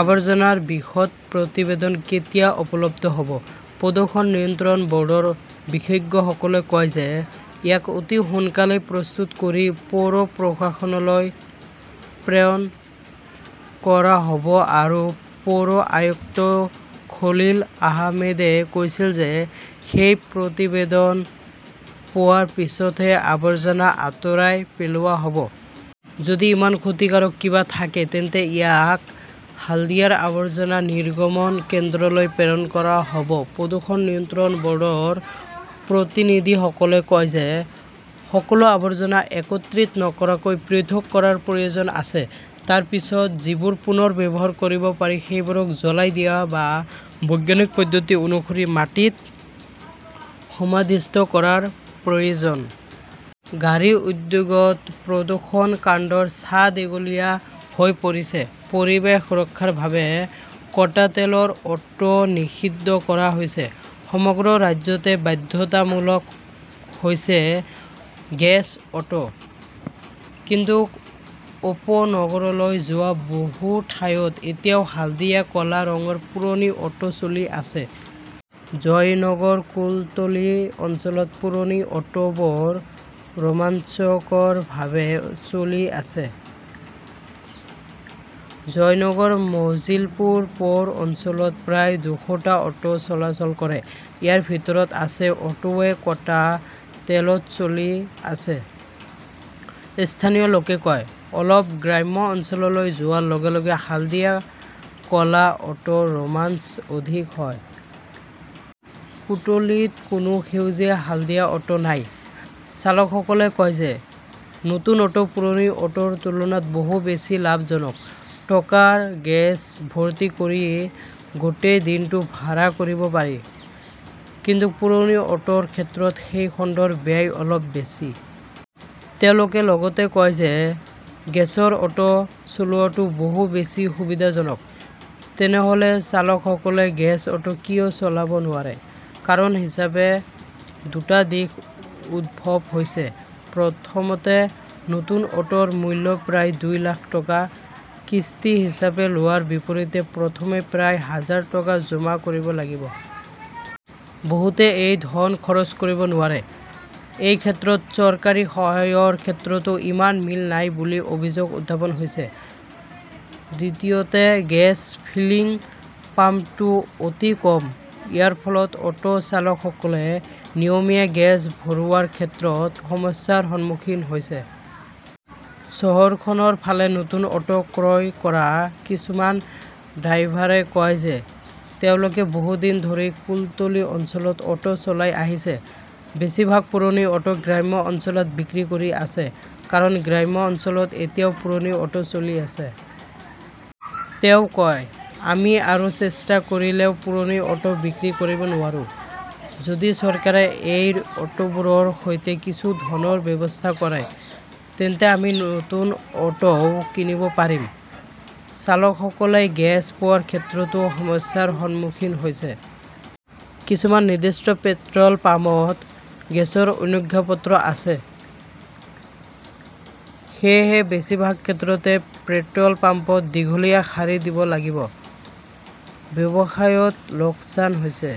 আৱৰ্জনাৰ বিশদ প্ৰতিবেদন কেতিয়া উপলব্ধ হব? প্ৰদূষণ নিয়ন্ত্ৰণ বৰ্ডৰ বিশেষজ্ঞসকলে কয় যে, ইয়াক অতি সোনকালেই প্ৰস্তুত কৰি পৌৰ প্ৰশাসনলৈ প্ৰেৰণ কৰা হব আৰু পৌৰ আয়ুক্ত খলিল আহমেদে কৈছিল যে, সেই প্ৰতিবেদন পোৱাৰ পিছতহে আৱৰ্জনা আঁতৰাই পেলোৱা হব। যদি ইমান ক্ষতিকাৰক কিবা থাকে, তেন্তে ইয়াক হালদিয়াৰ আৱৰ্জনা নিৰ্গমন কেন্দ্ৰলৈ প্ৰেৰণ কৰা হব। প্ৰদূষণ নিয়ন্ত্ৰণ বৰ্ডৰ প্ৰতিনিধিসকলে কয় যে, সকলো আৱৰ্জনা একত্ৰিত নকৰাকৈ পৃথক কৰাৰ প্ৰয়োজন আছে। তাৰ পিছত যিবোৰ পুনৰ ব্যৱহাৰ কৰিব পাৰি, সেইবোৰক জ্বলাই দিয়া বা বৈজ্ঞানিক পদ্ধতি অনুসৰি মাটিত সমাধিস্থ কৰাৰ প্ৰয়োজন। গাড়ী উদ্যোগত প্ৰদূষণ কাণ্ডৰ ছাঁ দীঘলীয়া হৈ পৰিছে । পৰিৱেশ ৰক্ষাৰ বাবে কটা তেলৰ অ'টো নিষিদ্ধ কৰা হৈছে। সমগ্ৰ ৰাজ্যতে বাধ্যতামূলক হৈছে গেছ অ'টো। কিন্তু উপনগৰলৈ যোৱা বহু ঠাইত এতিয়াও হালধীয়া-ক'লা ৰঙৰ পুৰণি অ'টো চলি আছে। জয়নগৰ-কুলতলি অঞ্চলত পুৰণি অ'টোবোৰ ৰোমাঞ্চকৰভাৱে চলি আছে। জয়নগৰ-মজিলপুৰ পৌৰ অঞ্চলত প্ৰায় দুশটা অ'টো চলাচল কৰে। ইয়াৰ ভিতৰত আছে অ'টোৱে কটা তেলত চলি আছে, স্থানীয় লোকে কয়। অলপ গ্ৰাম্য অঞ্চললৈ যোৱাৰ লগে লগে হালধীয়া-ক 'লা অ'টোৰ ৰোমাঞ্চ অধিক হয়। কুটলিত কোনো সেউজীয়া-হালধীয়া অ'টো নাই। চালকসকলে কয় যে, নতুন অ'টো পুৰণি অ'টোৰ তুলনাত বহু বেছি লাভজনক। টকাৰ গেছ ভৰ্তি কৰি গোটেই দিনটো ভাড়া কৰিব পাৰি। কিন্তু পুৰণি অ'টোৰ ক্ষেত্ৰত সেই খণ্ডৰ ব্যয় অলপ বেছি। তেওঁলোকে লগতে কয় যে, গেছৰ অ'টো চলোৱাটো বহু বেছি সুবিধাজনক। তেনেহলে চালকসকলে গেছ অ'টো কিয় চলাব নোৱাৰে? কাৰণ হিচাপে দুটা দিশ উদ্ভৱ হৈছে। প্ৰথমতে, নতুন অ'টোৰ মূল্য প্ৰায় দুই লাখ টকা। কিস্তি হিচাপে লোৱাৰ বিপৰীতে প্ৰথমে প্ৰায় হাজাৰ টকা জমা কৰিব লাগিব। বহুতে এই ধন খৰচ কৰিব নোৱাৰে। এই ক্ষেত্ৰত চৰকাৰী সহায়ৰ ক্ষেত্ৰতো ইমান মিল নাই বুলি অভিযোগ উত্থাপন হৈছে। দ্বিতীয়তে, গেছ ফিলিং পাম্পটো অতি কম। ইয়াৰ ফলত অ'টো চালকসকলে নিয়মীয়া গেছ ভৰোৱাৰ ক্ষেত্ৰত সমস্যাৰ সন্মুখীন হৈছে। চহৰখনৰ ফালে নতুন অ'টো ক্ৰয় কৰা কিছুমান ড্ৰাইভাৰে কয় যে, তেওঁলোকে বহু দিন ধৰি কুলতলি অঞ্চলত অ'টো চলাই আহিছে। বেছিভাগ পুৰণি অ'টো গ্ৰাম্য অঞ্চলত বিক্ৰী কৰি আছে। কাৰণ গ্ৰাম্য অঞ্চলত এতিয়াও পুৰণি অ'টো চলি আছে। তেওঁ কয়, "আমি আৰু চেষ্টা কৰিলেও পুৰণি অ'টো বিক্ৰী কৰিব নোৱাৰো। যদি চৰকাৰে এই অ'টোবোৰৰ সৈতে কিছু ধনৰ ব্যৱস্থা কৰে, তেন্তে আমি নতুন অ'টোও কিনিব পাৰিম"। চালকসকলে গেছ পোৱাৰ ক্ষেত্ৰতো সমস্যাৰ সন্মুখীন হৈছে। কিছুমান নিৰ্দিষ্ট পেট্ৰল পাম্পত গেছৰ অনুজ্ঞাপত্ৰ আছে। সেয়েহে বেছিভাগ ক্ষেত্ৰতে পেট্ৰল পাম্পত দীঘলীয়া শাৰী দিব লাগিব। ব্যৱসায়ত লোকচান হৈছে।